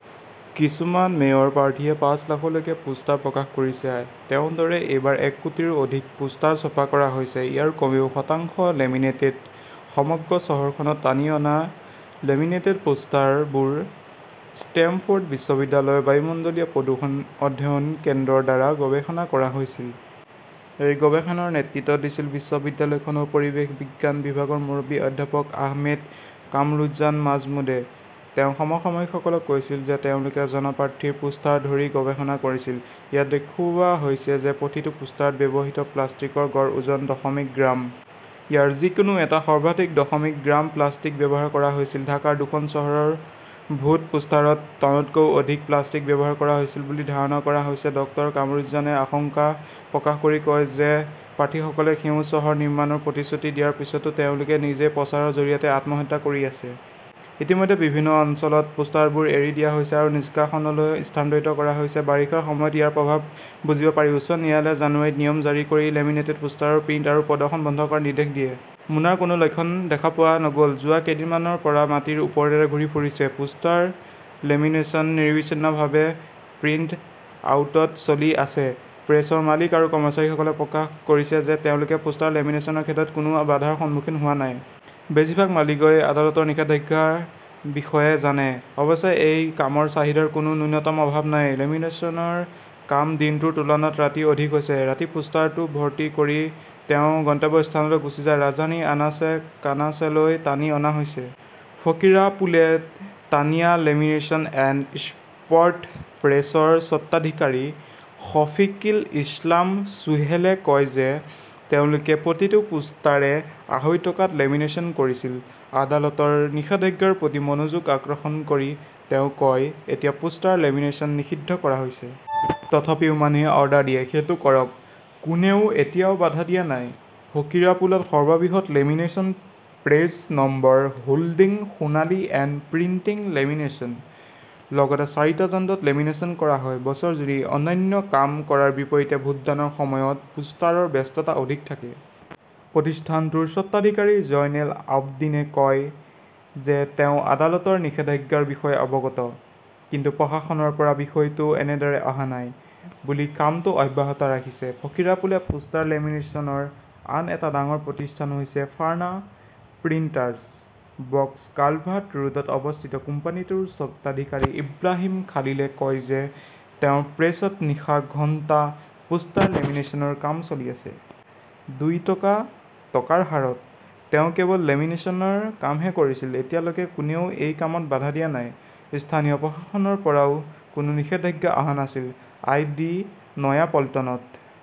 কিছুমান মেয়ৰ প্ৰাৰ্থীয়ে পাঁচ লাখলৈকে পোষ্টাৰ প্ৰকাশ কৰিছে। তেওঁৰ দৰে, এইবাৰ এক কোটিৰো অধিক পোষ্টাৰ ছপা কৰা হৈছে। ইয়াৰ কমেও শতাংশ লেমিনেটেড। সমগ্ৰ চহৰখনত টানি অনা লেমিনেটেড পোষ্টাৰবোৰ ষ্টেমফৰ্ড বিশ্ববিদ্যালয়ৰ বায়ুমণ্ডলীয় প্ৰদূষণ অধ্যয়ন কেন্দ্ৰ ৰ দ্বাৰা গৱেষণা কৰা হৈছিল। এই গৱেষণাৰ নেতৃত্ব দিছিল বিশ্ববিদ্যালয়খনৰ পৰিৱেশ বিজ্ঞান বিভাগৰ মুৰব্বী অধ্যাপক আহমেদ কামৰুজান মাজমুদ্ৰে। তেওঁ সমসাময়িকসকলক কৈছিল যে তেওঁলোকে জন প্ৰাৰ্থীৰ পোষ্টাৰ ধৰি গৱেষণা কৰিছিল। ইয়াত দেখুওৱা হৈছে যে প্ৰতিটো পোষ্টাৰত ব্যৱহৃত প্লাষ্টিকৰ গড় ওজন দশমিক গ্ৰাম। ইয়াৰে যিকোনো এটাত সৰ্বাধিক দশমিক গ্ৰাম প্লাষ্টিক ব্যৱহাৰ কৰা হৈছিল। ঢাকাৰ দুখন চহৰৰ ভোট পোষ্টাৰত টনতকৈও অধিক প্লাষ্টিক ব্যৱহাৰ কৰা হৈছিল বুলি ধাৰণা কৰা হৈছে। ডক্টৰ কামৰুজ্জমানে আশংকা প্ৰকাশ কৰি কয় যে প্ৰাৰ্থীসকলে সেউজ চহৰ নিৰ্মাণৰ প্ৰতিশ্ৰুতি দিয়াৰ পিছতো তেওঁলোকে নিজেই প্ৰচাৰৰ জৰিয়তে আত্মহত্যা কৰি আছে। ইতিমধ্যে বিভিন্ন অঞ্চলত পোষ্টাৰবোৰ এৰি দিয়া হৈছে আৰু নিষ্কাশনলৈ স্থানান্তৰিত কৰা হৈছে। বাৰিষাৰ সময়ত ইয়াৰ প্ৰভাৱ বুজিব পাৰি। উচ্চ ন্যায়ালয়ে জানুৱাৰীত নিয়ম জাৰি কৰি লেমিনেটেড পোষ্টাৰৰ প্ৰিণ্ট আৰু প্ৰদৰ্শন বন্ধ কৰাৰ নিৰ্দেশ দিয়ে। মোনাৰ কোনো লক্ষণ দেখা পোৱা নগ’ল। যোৱা কেইদিনমানৰ পৰা মাটিৰ ওপৰেৰে ঘূৰি ফুৰিছে, পোষ্টৰ লেমিনেশ্যন নিৰবিচ্ছিন্নভাৱে প্ৰিণ্ট আউটত চলি আছে। প্ৰেছৰ মালিক আৰু কৰ্মচাৰীসকলে প্ৰকাশ কৰিছে যে তেওঁলোকে পোষ্টাৰ লেমিনেচনৰ ক্ষেত্ৰত কোনো বাধাৰ সন্মুখীন হোৱা নাই। বেছিভাগ মালিকই আদালতৰ নিষেধাজ্ঞাৰ বিষয়ে জানে। অৱশ্যে, এই কামৰ চাহিদাৰ কোনো ন্যূনতম অভাৱ নাই। লেমিনেচনৰ কাম দিনটোৰ তুলনাত ৰাতি অধিক হৈছে। ৰাতি পোষ্টাৰটো ভৰ্তি কৰি তেওঁ গন্তব্যস্থানলৈ গুচি যায়। ৰাজধানীৰ আনাচে-কানাচেলৈ টানি অনা হৈছে।, ফকীৰাপুলে তানিয়া লেমিনেচন এণ্ড স্পট প্ৰেছৰ স্বত্বাধিকাৰী শফিকিল ইছলাম চোহেলে কয় যে তেওঁলোকে প্ৰতিটো পোষ্টাৰে আঢ়ৈ টকাত লেমিনেচন কৰিছিল। আদালতৰ নিষেধাজ্ঞাৰ প্ৰতি মনোযোগ আকৰ্ষণ কৰি তেওঁ কয়, এতিয়া পোষ্টাৰ লেমিনেচন নিষিদ্ধ কৰা হৈছে। তথাপিও মানুহে অৰ্ডাৰ দিয়ে, সেইটো কৰক। কোনেও এতিয়াও বাধা দিয়া নাই। 'ফকীৰাপুলত সৰ্ববৃহৎ লেমিনেচন প্ৰেছ নম্বৰ হোল্ডিংৰ' সোণালী এণ্ড প্ৰিণ্টিং লেমিনেচন । লগতে চাৰিটা যন্ত্ৰত লেমিনেচন কৰা হয়। বছৰজুৰি অন্যান্য কাম কৰাৰ বিপৰীতে ভোটদানৰ সময়ত পোষ্টাৰৰ ব্যস্ততা অধিক থাকে। প্ৰতিষ্ঠানটোৰ স্বত্বাধিকাৰী জয়নেল আবদীনে কয় যে তেওঁ আদালতৰ নিষেধাজ্ঞাৰ বিষয়ে অৱগত। কিন্তু প্ৰশাসনৰ পৰা বিষয়টো এনেদৰে অহা নাই বুলি কামটো অব্যাহত ৰাখিছে। ফকীৰাপুলে পোষ্টাৰ লেমিনেচনৰ আন এটা ডাঙৰ প্ৰতিষ্ঠান হৈছে ফাৰ্না প্ৰিণ্টাৰ্ছ। বক্স কালভাৰ্ট ৰোডত অৱস্থিত কোম্পানীটোৰ স্বত্বাধিকাৰী ইব্ৰাহিম খালিলে কয় যে তেওঁৰ প্ৰেছত নিশা ঘণ্টা পোষ্টাৰ লেমিনেচনৰ কাম চলি আছিল। দুই টকা টকাৰ হাৰত তেওঁ কেৱল লেমিনেচনৰ কামহে কৰিছিল। এতিয়ালৈকে কোনেও এই কামত বাধা দিয়া নাই। স্থানীয় প্ৰশাসনৰ পৰাও কোনো নিষেধাজ্ঞা অহা নাছিল। আই. ডি. নয়াপল্টনত